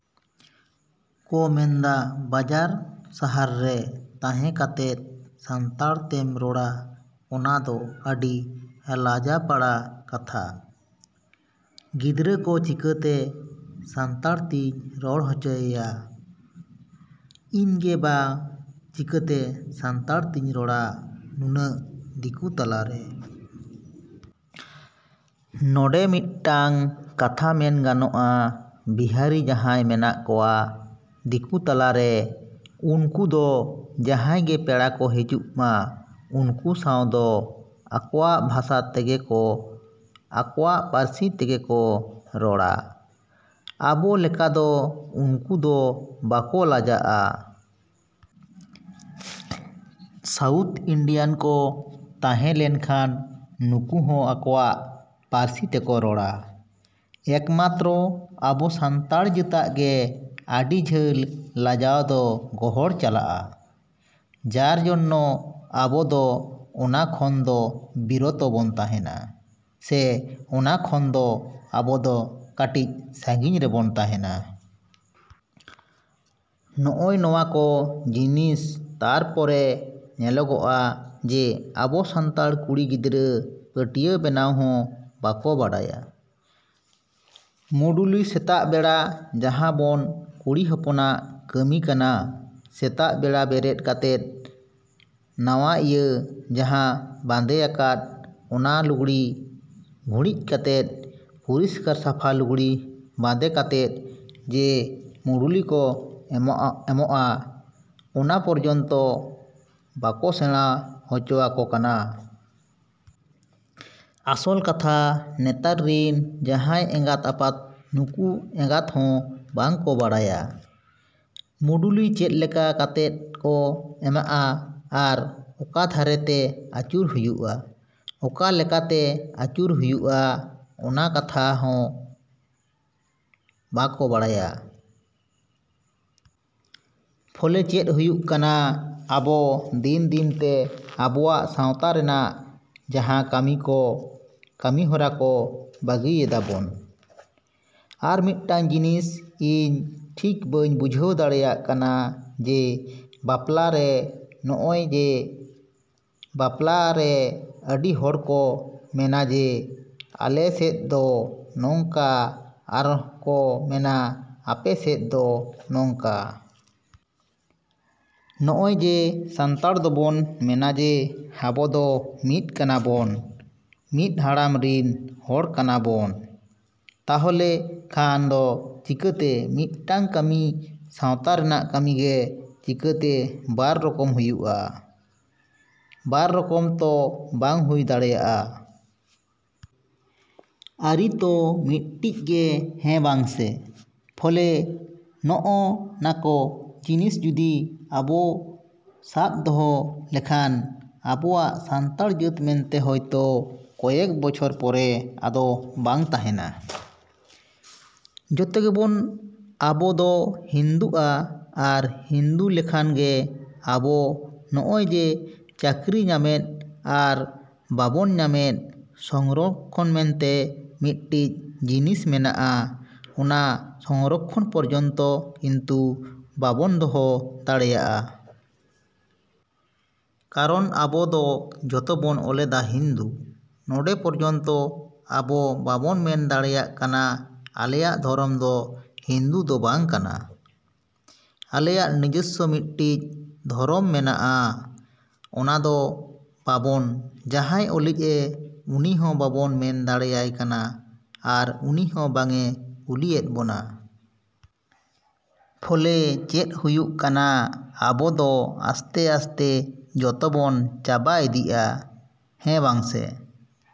ᱠᱚ ᱢᱮᱱᱫᱟ ᱵᱟᱡᱟᱨ ᱥᱟᱦᱟᱨ ᱨᱮ ᱛᱟᱦᱮᱸ ᱠᱟᱛᱮᱫ ᱥᱟᱱᱛᱟᱲ ᱛᱮᱢ ᱨᱚᱲᱟ ᱚᱱᱟ ᱫᱚ ᱟᱹᱰᱤ ᱞᱟᱡᱟᱯᱟᱲᱟ ᱠᱟᱛᱷᱟ᱾ ᱜᱤᱫᱽᱨᱟᱹ ᱫᱚ ᱪᱤᱠᱟᱹᱛᱮ ᱥᱟᱱᱛᱟᱲ ᱛᱤᱧ ᱨᱚᱲ ᱦᱚᱪᱚᱭᱮᱭᱟ? ᱤᱧ ᱜᱮ ᱵᱟ ᱪᱤᱠᱟᱹᱛᱮ ᱥᱟᱱᱛᱟᱲ ᱛᱤᱧ ᱨᱚᱲᱟ ᱩᱱᱟᱹᱜ ᱫᱤᱠᱩ ᱛᱟᱞᱟ ᱨᱮ᱾ ᱱᱚᱰᱮ ᱢᱤᱫᱴᱟᱹᱝ ᱠᱟᱛᱷᱟ ᱢᱮᱱ ᱜᱟᱱᱚᱜᱼᱟ ᱵᱤᱦᱟᱨᱤ ᱡᱟᱦᱟᱸᱭ ᱢᱮᱱᱟᱜ ᱠᱚᱣᱟ ᱫᱤᱠᱩ ᱛᱟᱞᱟ ᱨᱮ ᱩᱱᱠᱩ ᱫᱚ ᱡᱟᱦᱟᱸᱭ ᱜᱮ ᱯᱮᱲᱟ ᱠᱚ ᱦᱤᱡᱩᱜ ᱢᱟ ᱩᱱᱠᱩ ᱥᱟᱶ ᱫᱚ ᱟᱠᱚᱣᱟᱜ ᱵᱷᱟᱥᱟ ᱛᱮᱜᱮ ᱠᱚ ᱟᱠᱚᱣᱟᱜ ᱯᱟᱹᱨᱥᱤ ᱛᱮᱜᱮ ᱠᱚ ᱨᱚᱲᱟ᱾ ᱟᱵᱚ ᱞᱮᱠᱟ ᱫᱚ ᱩᱱᱠᱩ ᱫᱚ ᱵᱟᱠᱚ ᱞᱟᱡᱟᱜᱼᱟ᱾ ᱥᱟᱣᱩᱛᱷ ᱤᱱᱰᱤᱭᱟᱱ ᱠᱚ ᱛᱟᱦᱮᱸ ᱞᱮᱱᱠᱷᱟᱱ ᱩᱱᱠᱩ ᱦᱚᱸ ᱟᱠᱚᱣᱟᱜ ᱯᱟᱹᱨᱥᱤ ᱛᱮᱠᱚ ᱨᱚᱲᱟ᱾ ᱮᱠ ᱢᱟᱛᱨᱚ ᱟᱵᱚ ᱥᱟᱱᱛᱟᱲ ᱡᱟᱹᱛᱟᱜ ᱜᱮ ᱟᱹᱰᱤ ᱡᱷᱟᱹᱞ ᱞᱟᱡᱟᱣ ᱫᱚ ᱜᱚᱦᱚᱲ ᱪᱟᱞᱟᱜᱼᱟ ᱡᱟᱨ ᱡᱚᱱᱱᱚ ᱟᱵᱚ ᱫᱚ ᱚᱱᱟ ᱠᱷᱚᱱ ᱫᱚ ᱵᱤᱨᱚᱛᱚ ᱵᱚᱱ ᱛᱟᱦᱮᱱᱟ ᱥᱮ ᱚᱱᱟ ᱠᱷᱚᱱ ᱫᱚ ᱟᱵᱚ ᱫᱚ ᱠᱟᱹᱴᱤᱡ ᱥᱟᱺᱜᱤᱧ ᱨᱮ ᱵᱚᱱ ᱛᱟᱦᱮᱱᱟ᱾ ᱱᱚᱜᱼᱚ ᱱᱚᱣᱟ ᱠᱚ ᱡᱤᱱᱤᱥ ᱛᱟᱨᱯᱚᱨᱮ ᱧᱮᱞᱚᱜᱚᱜᱼᱟ ᱡᱮ ᱟᱵᱚ ᱥᱟᱱᱛᱟᱲ ᱠᱩᱲᱤ ᱜᱤᱫᱽᱨᱟᱹ ᱯᱟᱹᱴᱭᱟᱹ ᱵᱮᱱᱟᱣ ᱦᱚᱸ ᱵᱟᱠᱚ ᱵᱟᱲᱟᱭᱟ᱾ ᱢᱩᱰᱩᱞᱤ ᱥᱮᱛᱟᱜ ᱵᱮᱲᱟ ᱡᱟᱦᱟᱸ ᱵᱚᱱ ᱠᱩᱲᱤ ᱦᱚᱯᱚᱱᱟᱜ ᱠᱟᱹᱢᱤ ᱠᱟᱱᱟ ᱥᱮᱛᱟᱜ ᱵᱮᱲᱟ ᱵᱮᱨᱮᱫ ᱠᱟᱛᱮᱫ ᱱᱟᱣᱟ ᱤᱭᱟᱹ ᱡᱟᱦᱟᱸ ᱵᱟᱸᱫᱮᱣᱟᱠᱟᱫ ᱚᱱᱟ ᱞᱩᱜᱽᱲᱤᱡ ᱵᱷᱩᱲᱤᱡ ᱠᱟᱛᱮᱫ ᱯᱚᱨᱤᱥᱠᱟᱨ ᱥᱟᱯᱷᱟ ᱞᱩᱜᱽᱲᱤᱡ ᱵᱟᱸᱫᱮ ᱠᱟᱛᱮᱫ ᱡᱮ ᱢᱩᱰᱩᱞᱤ ᱠᱚ ᱮᱢᱚᱜᱼᱟ ᱚᱱᱟ ᱯᱚᱨᱡᱚᱱᱛᱚ ᱵᱟᱠᱚ ᱥᱮᱬᱟ ᱦᱚᱪᱚᱣᱟᱠᱚ ᱠᱟᱱᱟ᱾ ᱟᱥᱚᱞ ᱠᱟᱛᱷᱟ ᱱᱮᱛᱟᱨ ᱨᱤᱱ ᱡᱟᱦᱟᱸᱭ ᱮᱸᱜᱟᱛ ᱟᱯᱟᱛ ᱩᱱᱠᱩ ᱮᱸᱜᱟᱛ ᱦᱚᱸ ᱵᱟᱝ ᱠᱚ ᱵᱟᱲᱟᱭᱟ ᱢᱩᱰᱩᱞᱤ ᱪᱮᱫ ᱞᱮᱠᱟ ᱠᱟᱛᱮᱫ ᱠᱚ ᱮᱢᱟᱜᱼᱟ ᱟᱨ ᱚᱠᱟ ᱫᱷᱟᱨᱮ ᱛᱮ ᱟᱹᱪᱩᱨ ᱦᱩᱭᱩᱜᱼᱟ, ᱚᱠᱟ ᱞᱮᱠᱟ ᱛᱮ ᱟᱹᱪᱩᱨ ᱦᱩᱭᱩᱜᱼᱟ ᱚᱱᱟ ᱠᱟᱛᱷᱟ ᱚᱱᱟ ᱦᱚᱸ ᱵᱟᱠᱚ ᱵᱟᱲᱟᱭᱟ᱾ ᱯᱷᱚᱞᱮ ᱪᱮᱫ ᱦᱩᱭᱩᱜ ᱠᱟᱱᱟ ᱟᱵᱚ ᱫᱤᱱ ᱫᱤᱱ ᱛᱮ ᱟᱵᱚᱣᱟᱜ ᱥᱟᱶᱛᱟ ᱨᱮᱱᱟᱜ ᱡᱟᱦᱟᱸ ᱠᱟᱹᱢᱤ ᱠᱚ, ᱠᱟᱹᱢᱤ ᱦᱚᱨᱟ ᱠᱚ ᱵᱟᱹᱜᱤᱭᱮᱫᱟ ᱵᱚᱱ᱾ ᱟᱨ ᱢᱤᱫᱴᱟᱹᱝ ᱡᱤᱱᱤᱥ ᱤᱧ ᱴᱷᱤᱠ ᱵᱟᱹᱧ ᱵᱩᱡᱷᱟᱹᱣ ᱫᱟᱲᱮᱭᱟᱜ ᱠᱟᱱᱟ ᱡᱮ ᱵᱟᱯᱞᱟ ᱨᱮ ᱱᱚᱜᱼᱚᱭ ᱡᱮ ᱵᱟᱯᱞᱟ ᱨᱮ ᱟᱹᱰᱤ ᱦᱚᱲ ᱠᱚ ᱢᱮᱱᱟ ᱡᱮ ᱟᱞᱮ ᱥᱮᱫ ᱫᱚ ᱱᱚᱝᱠᱟ ᱟᱨᱚ ᱠᱚ ᱢᱮᱱᱟ ᱟᱯᱮ ᱥᱮᱫ ᱫᱚ ᱱᱚᱝᱠᱟ᱾ ᱱᱚᱜᱼᱚᱭ ᱡᱮ ᱥᱟᱱᱛᱟᱲ ᱫᱚ ᱵᱚᱱ ᱢᱮᱱᱟ ᱡᱮ ᱟᱵᱚ ᱫᱚ ᱢᱤᱫ ᱠᱟᱱᱟ ᱵᱚᱱ, ᱢᱤᱫ ᱦᱟᱲᱟᱢ ᱨᱤᱱ ᱦᱚᱲ ᱠᱟᱱᱟ ᱵᱚᱱ᱾ ᱛᱟᱦᱞᱮ ᱠᱷᱟᱱ ᱫᱚ ᱪᱤᱠᱟᱹᱛᱮ ᱢᱤᱫᱴᱟᱹᱝ ᱠᱟᱹᱢᱤ ᱥᱟᱶᱛᱟ ᱨᱮᱱᱟᱜ ᱠᱟᱹᱢᱤ ᱜᱮ ᱪᱤᱠᱟᱹᱛᱮ ᱵᱟᱨ ᱨᱚᱠᱚᱢ ᱦᱩᱭᱩᱜᱼᱟ? ᱵᱟᱨ ᱨᱚᱠᱚᱢ ᱛᱚ ᱵᱟᱝ ᱦᱩᱭ ᱫᱟᱲᱮᱭᱟᱜᱼᱟ᱾ ᱟᱹᱨᱤ ᱛᱚ ᱢᱤᱫᱴᱤᱡ ᱜᱮ ᱦᱮᱸ ᱵᱟᱝ ᱥᱮ? ᱯᱷᱚᱞᱮ ᱱᱚᱜᱼᱚ ᱱᱟᱠᱚ ᱡᱤᱱᱤᱥ ᱡᱩᱫᱤ ᱟᱵᱚ ᱥᱟᱵᱽ ᱫᱚᱦᱚ ᱞᱮᱠᱷᱟᱱ ᱟᱵᱚᱣᱟᱜ ᱥᱟᱱᱛᱟᱲ ᱡᱟᱹᱛ ᱢᱮᱱᱛᱮ ᱦᱚᱭᱛᱚ ᱠᱚᱭᱮᱠ ᱵᱚᱪᱷᱚᱨ ᱯᱚᱨᱮ ᱟᱫᱚ ᱵᱟᱝ ᱛᱟᱦᱮᱱᱟ᱾ ᱡᱚᱛᱚ ᱜᱮ ᱵᱚᱱ ᱟᱵᱚ ᱫᱚ ᱦᱤᱱᱫᱩᱼᱟ ᱟᱨ ᱦᱤᱱᱫᱩ ᱞᱮᱠᱷᱟᱱ ᱜᱮ ᱟᱵᱚ ᱱᱚᱜᱼᱚᱭ ᱡᱮ ᱪᱟᱹᱠᱨᱤ ᱧᱟᱢᱮᱫ ᱟᱨ ᱵᱟᱵᱚᱱ ᱧᱟᱢᱮᱫ ᱥᱚᱝᱨᱚᱠᱠᱷᱚᱱ ᱢᱮᱱᱛᱮ ᱢᱤᱫᱴᱤᱡ ᱡᱤᱱᱤᱥ ᱢᱮᱱᱟᱜᱼᱟ ᱚᱱᱟ ᱥᱚᱝᱨᱚᱠᱠᱷᱚᱱ ᱯᱚᱨᱡᱚᱱᱛᱚ ᱠᱤᱱᱛᱩ ᱵᱟᱵᱚᱱ ᱫᱚᱦᱚ ᱫᱟᱲᱮᱭᱟᱜᱼᱟ᱾ ᱠᱟᱨᱚᱱ ᱟᱵᱚ ᱫᱚ ᱡᱚᱛᱚ ᱵᱚᱱ ᱚᱞᱮᱫᱟ ᱦᱤᱱᱫᱩ᱾ ᱚᱸᱰᱮ ᱯᱚᱨᱡᱚᱱᱛᱚ ᱟᱵᱚ ᱵᱟᱵᱚᱱ ᱢᱮᱱ ᱫᱟᱲᱮᱭᱟᱜ ᱠᱟᱱᱟ ᱟᱞᱮᱭᱟᱜ ᱫᱷᱚᱨᱚᱢ ᱫᱚ ᱦᱤᱱᱫᱩ ᱫᱚ ᱵᱟᱝ ᱠᱟᱱᱟ, ᱟᱞᱮᱭᱟᱜ ᱱᱤᱡᱚᱥᱥᱚ ᱢᱤᱫᱴᱤᱡ ᱫᱷᱚᱨᱚᱢ ᱢᱮᱱᱟᱜᱼᱟ᱾ ᱚᱱᱟ ᱫᱚ ᱵᱟᱵᱚᱱ ᱡᱟᱦᱟᱸᱭ ᱚᱞᱤᱡ ᱮ ᱦᱤᱡᱩᱜᱼᱮ ᱩᱱᱤ ᱦᱚᱸ ᱵᱟᱵᱚᱱ ᱢᱮᱱ ᱫᱟᱲᱮᱭᱟᱭ ᱠᱟᱱᱟ ᱟᱨ ᱩᱱᱤ ᱦᱚᱸ ᱵᱟᱝ ᱮ ᱠᱩᱞᱤᱭᱮᱫ ᱵᱚᱱᱟᱭ᱾ ᱯᱷᱚᱞᱮ ᱪᱮᱫ ᱦᱩᱭᱩᱜ ᱠᱟᱱᱟ ᱟᱵᱚ ᱫᱚ ᱟᱥᱛᱮᱼᱟᱥᱛᱮ ᱡᱚᱛᱚ ᱵᱚᱱ ᱪᱟᱵᱟ ᱤᱫᱤᱜᱼᱟ᱾ ᱦᱮᱸ ᱵᱟᱝ ᱥᱮ᱾